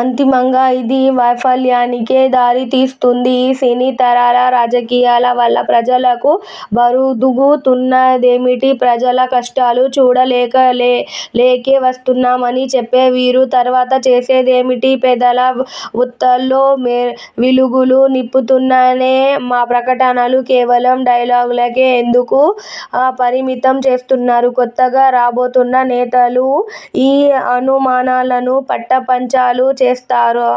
అంతిమంగా ఇది. వైఫల్యానికే దారి తీస్తోంది. ఈ సినీ తారల రాజకీయాల వల్ల ప్రజలకు ఒరుగుతున్నదేమిటి? ప్రజల కష్టాలు చూడలేకే వస్తున్నామని చెప్పే వీరు. తర్వాత చేసేదేమిటి? పేదల బతుకుల్లో వెలుగులు నింపుతామనే ప్రకటనలు కేవలం డైలాగులకే ఎందుకు పరిమితం చేస్తున్నారు? కొత్తగా రాబోతున్న నేతలు ఈ అనుమానాలను పటాపంచలు చేస్తారా?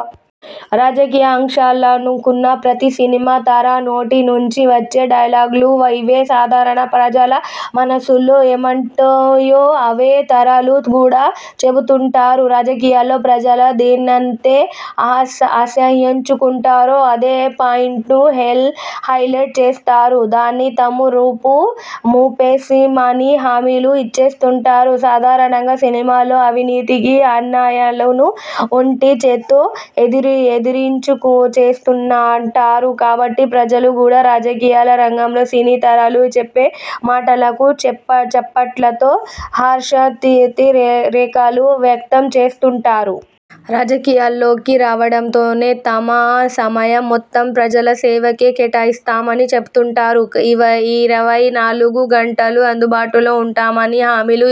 రాజకీయ ఆకాంక్షలున్న ప్రతి సినిమా తార నోటి నుంచి వచ్చే డైలాగులు ఇవే. సాధారణ ప్రజల మనసుల్లో ఏముంటాయో అవే తారలు కూడా చెబుతూంటారు. రాజకీయాల్లో ప్రజలు దేన్నైతే అసహ్యించుకుంటారో అదే పాయింట్ను హైలెట్ చేస్తారు. దాన్ని తాము రూపు మాపేస్తామని హామీలు ఇచ్చేస్తూంటారు. సాధారణంగా సినిమాల్లో అవినీతిని, అన్యాయాలను ఒంటిచేత్తో ఎదిరించేస్తూంటారు కాబట్టి ప్రజలు కూడా రాజకీయ రంగంలో సినీతారలు చెప్పే మాటలకు చప్పట్లతో హర్షాతిరేకాలు వ్యక్తం చేస్తూంటారు. రాజకీయాల్లోకి రావడంతోనే తమ సమయం మొత్తం ప్రజాసేవకే కేటాయిస్తామని చెబుతూంటారు. ఇరవై నాలుగు గంటలూ అందుబాటులో ఉంటామని హామీలు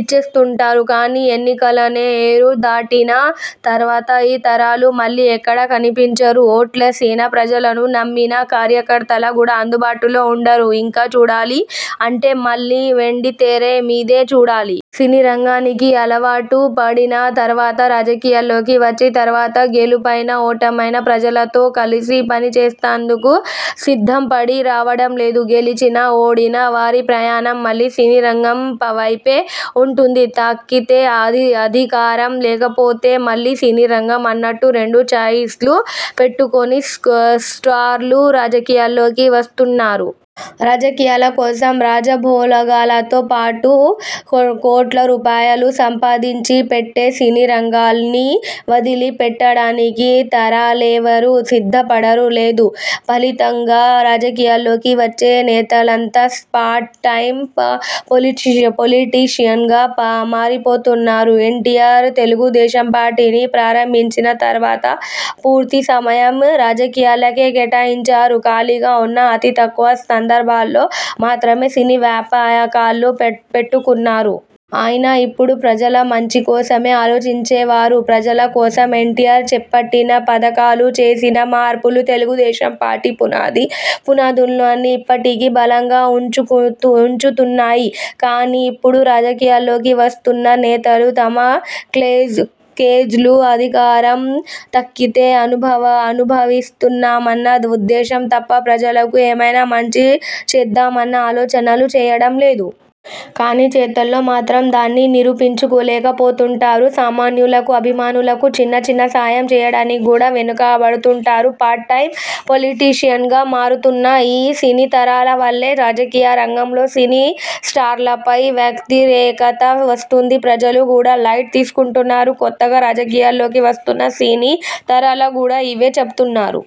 ఇచ్చేస్తూంటారు. కానీ ఎన్నికలనే ఏరు దాటిన తర్వాత ఈ తారలు మళ్లీ ఎక్కడా కనిపించరు. ఓట్లేసిన ప్రజలను నమ్మిన కార్యకర్తలకు కూడా అందుబాటులో ఉండరు. ఇంక చూడాలి అంటే మళ్లీ వెండితెర మీదే చూడాలి. సినీ రంగానికి అలవాటుపడిన తర్వాత రాజకీయాల్లోకి వచ్చిన తర్వాత గెలుపైనా ఓటమైనా ప్రజలతో కలిసి పనిచేసేందుకు సిద్ధపడి రావడం లేదు. గెలిచినా, ఓడినా వారి ప్రయాణం మళ్లీ సినీ రంగం వైపే ఉంటుంది. దక్కితే అధికారం లేకపోతే మళ్లీ సినీ రంగం అన్నట్లు రెండు చాయిస్లు పెట్టుకుని స్టార్లు రాజకీయాల్లోకి వస్తున్నారు. రాజకీయాల కోసం రాజభోగాలతో పాటు కోట్ల రూపాయలు సంపాదించి పెట్టే సినీ రంగాన్ని వదిలి పెట్టడానికి తారలెవరూ సిద్ధపడరు లేదు. ఫలితంగా రాజకీయాల్లోకి వచ్చే నేతలంతా పార్ట్ టైమ్ పొలిటిషీయన్లుగా మారిపోతున్నారు. ఎన్టీఆర్ తెలుగుదేశం పార్టీని ప్రారంభించిన తర్వాత పూర్తి సమయం రాజకీయాలకే కేటాయించారు. ఖాళీగా ఉన్న అతి తక్కువ సందర్భాల్లో మాత్రమే సినీ వ్యాపకాలు పెట్టుకున్నారు. అయినా ఎప్పుడూ ప్రజల మంచి కోసమే ఆలోచించేవారు. ప్రజల కోసం ఎన్టీఆర్ చేపట్టిన పథకాలు చేసిన మార్పులు తెలుగుదేశం పార్టీ పునాదుల్నీ ఇప్పటికీ బలంగా ఉంచుతున్నాయి. కానీ ఇప్పుడు రాజకీయాల్లోకి వస్తున్న నేతలు తమ క్రేజ్లో అధికారం దక్కితే అనుభవిద్దామన్న ఉద్దేశం తప్ప ప్రజలకు ఏమైనా మంచి చేద్దామన్న ఆలోచనలు చేయడం లేదు. కానీ చేతల్లో మాత్రం దాన్ని నిరూపించలేకపోతూంటారు. సామాన్యులకు, అభిమానులకు చిన్న చిన్న సాయం చేయడానికి కూడా వెనుకాబడుతూంటారు. పార్ట్ టైమ్ పొలిటిషన్లుగా మారుతున్న ఈ సినీతారల వల్లే రాజకీయ రంగంలో సినీ స్టార్లపై వ్యతిరేకత వస్తోంది. ప్రజలు కూడా లైట్ తీసుకుంటున్నారు. కొత్తగా రాజకీయాల్లోకి వస్తున్న సినీ తారలు కూడా ఇవే చెబుతున్నారు.